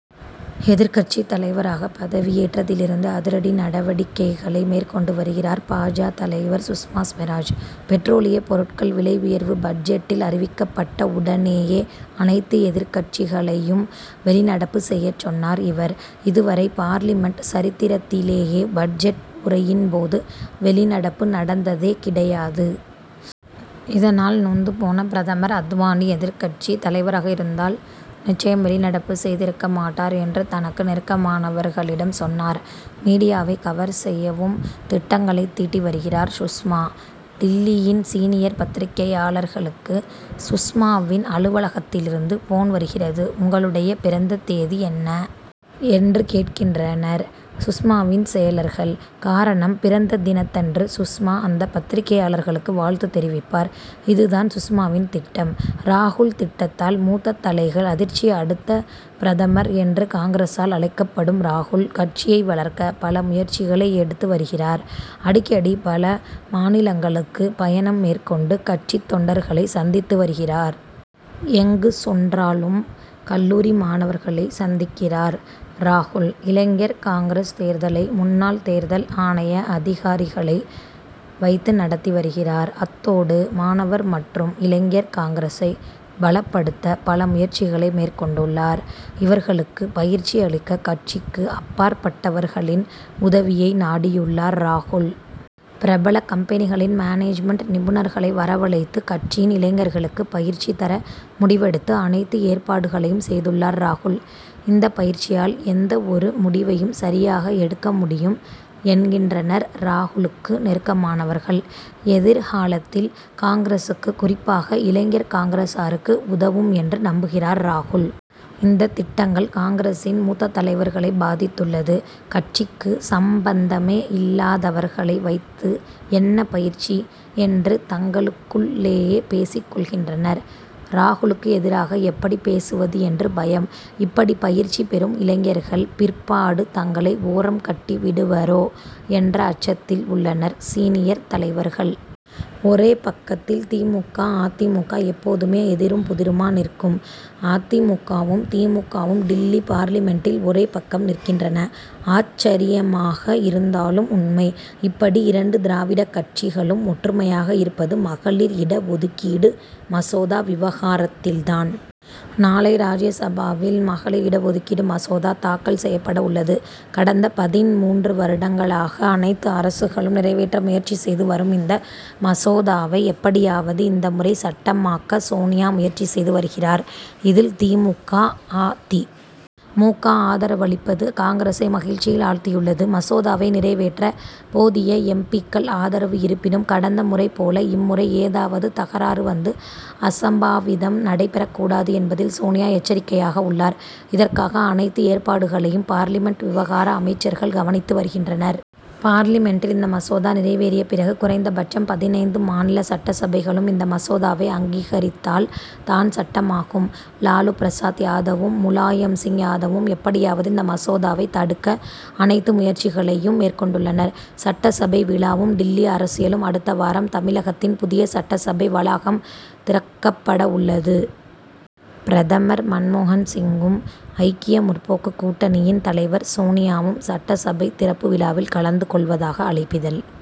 எதிர்க்கட்சித் தலைவராகப் பதவியேற்றதிலிருந்து அதிரடி நடவடிக்கைகளை மேற் கொண்டு வருகிறார். பா. ஜ., தலைவர் சுஷ்மா சுவராஜ். பெட்ரோலியப் பொருட்கள் விலை உயர்வு பட்ஜெட்டில் அறிவிக்கப்பட்ட உடனேயே அனைத்து எதிர்க்கட்சிகளையும் வெளிநடப்பு செய்யச் சொன்னார் இவர். இதுவரை பார்லிமென்ட் சரித்திரத்திலேயே பட்ஜெட் உரையின் போது வெளிநடப்பு நடந்ததே கிடையாது. இதனால், நொந்து போன பிரதமர், அத்வானி எதிர்க்கட்சி தலைவராக இருந்தால் நிச்சயம் வெளிநடப்பு செய்திருக்கமாட்டார் என்று தனக்கு நெருக்கமானவர்களிடம் சொன்னார். மீடியாவை கவர் செய்யவும் திட்டங்களை தீட்டி வருகிறார் சுஷ்மா. டில்லியின் சீனியர் பத்திரிகையாளர்களுக்கு சுஷ்மாவின் அலுவலகத்திலிருந்து போன் வருகிறது. உங்களுடைய பிறந்த தேதி என்ன? என்று கேட்கின்றனர் சுஷ்மாவின் செயலர்கள். காரணம் பிறந்த தினத்தன்று சுஷ்மா அந்த பத்திரிகையாளருக்கு வாழ்த்து தெரிவிப்பார். இதுதான் சுஷ்மாவின் திட்டம். ராகுல் திட்டத்தால் மூத்த தலைகள் அதிர்ச்சி அடுத்த பிரதமர் என்று காங்கிரசால் அழைக்கப்படும் ராகுல், கட்சியை வளர்க்க பல முயற்சிகளை எடுத்து வருகிறார். அடிக்கடி பல மாநிலங்களுக்கு பயணம் மேற்கொண்டு கட்சித் தொண்டர்களை சந்தித்து வருகிறார். எங்கு சொன்றாலும் கல்லூரி மாணவர்களை சந்திக்கிறார் ராகுல். இளைஞர் காங்கிரஸ் தேர்தலை முன்னாள் தேர்தல் ஆணைய அதிகாரிகளை வைத்து நடத்தி வருகிறார். அத்தோடு மாணவர் மற்றும் இளைஞர் காங்கிரசை பலப்படுத்த பல முயற்சிகளை மேற்கொண்டுள்ளார். இவர்களுக்கு பயிற்சி அளிக்க கட்சிக்கு அப்பாற்பட்டவர்களின் உதவியை நாடியுள்ளார் ராகுல். பிரபல கம்பெனிகளின் மேனேஜ்மென்ட் நிபுணர்களை வரவழைத்து கட்சியின் இளைஞர்களுக்கு பயிற்சி தர முடிவெடுத்து அனைத்து ஏற்பாடுகளையும் செய்துள்ளார் ராகுல். இந்தப் பயிற்சியால் எந்த ஒரு முடிவையும் சரியாக எடுக்க முடியும் என்கின்றனர் ராகுலுக்கு நெருக்கமானவர்கள். எதிர்காலத்தில் காங்கிரசுக்கு, குறிப்பாக இளைஞர் காங்கிரசாருக்கு உதவும் என்று நம்புகிறார் ராகுல். இந்த திட்டங்கள் காங்கிரசின் மூத்த தலைவர்களை பாதித்துள்ளது. கட்சிக்கு சம்பந்தமே இல் லாதவர்களை வைத்து என்ன பயிற்சி? என்று தங்களுக்குள் ளேயே பேசிக் கொள்கின்றனர். ராகுலுக்கு எதிராக எப்படி பேசுவது என்று பயம். இப்படி பயிற்சி பெறும் இளைஞர்கள், பிற்பாடு தங்களை ஓரம் கட்டிவிடுவரோ என்ற அச்சத்தில் உள்ளனர் சீனியர் தலைவர்கள். ஒரே பக்கத்தில் தி. மு. க., அ. தி. மு. க., எப்போதுமே எதிரும் புதிருமா நிற்கும் அ. தி. மு. க.,வும், தி. மு. க., வும் டில்லி பார்லிமென்டில் ஒரே பக்கம் நிற்கின்றன. ஆச்சரியமாக இருந்தாலும் உண்மை. இப்படி இரண்டு திராவிடக் கட்சிகளும் ஒற்றுமையாக இருப்பது மகளிர் இட ஒதுக்கீடு மசோதா விவகாரத்தில் தான். நாளை ராஜ்யசபாவில் மகளிர் இடஒதுக்கீடு மசோதா தாக்கல் செய்யப்பட உள்ளது. கடந்த பதின்மூன்று வருடங்களாக அனைத்து அரசுகளும் நிறைவேற்ற முயற்சி செய்து வரும் இந்த மசோதாவை, எப்படியாவது இந்த முறை சட்டமாக்க சோனியா முயற்சி செய்து வருகிறார். இதில், தி. மு. க., அ. தி. மு. க., ஆதரவளிப்பது காங்கிரசை மகிழ்ச்சியில் ஆழ்த்தியுள்ளது. மசோதாவை நிறைவேற்ற போதிய எம். பி.,க்கள் ஆதரவு இருப்பினும், கடந்த முறை போல இம்முறை ஏதாவது தகராறு வந்து, அசம்பாவிதம் நடைபெறக் கூடாது என்பதில் சோனியா எச்சரிக்கையாக உள்ளார். இதற்காக, அனைத்து ஏற்பாடுகளையும் பார்லிமென்ட் விவகார அமைச்சர்கள் கவனித்து வருகின்றனர். பார்லிமென்டில் இந்த மசோதா நிறைவேறிய பிறகு, குறைந்தபட்சம் பதினைந்து மாநில சட்டசபைகளும் இந்த மசோதாவை அங்கீகரித்தால் தான் சட்டமாகும். லாலு பிரசாத் யாதவும், முலாயம் சிங் யாதவும் எப்படியாவது இந்த மசோதாவை தடுக்க அனைத்து முயற்சிகளையும் மேற்கொண்டுள்ளனர். சட்டசபை விழாவும் டில்லி அரசியலும் அடுத்த வாரம் தமிழகத்தின் புதிய சட்டசபை வளாகம் திறக்கப்படவுள்ளது. பிரதமர் மன்மோகன் சிங்கும், ஐக்கிய முற்போக்கு கூட்டணியின் தலைவர் சோனியாவும் சட்டசபை திறப்பு விழாவில் கலந்து கொள்வதாக அழைப்பிதழ்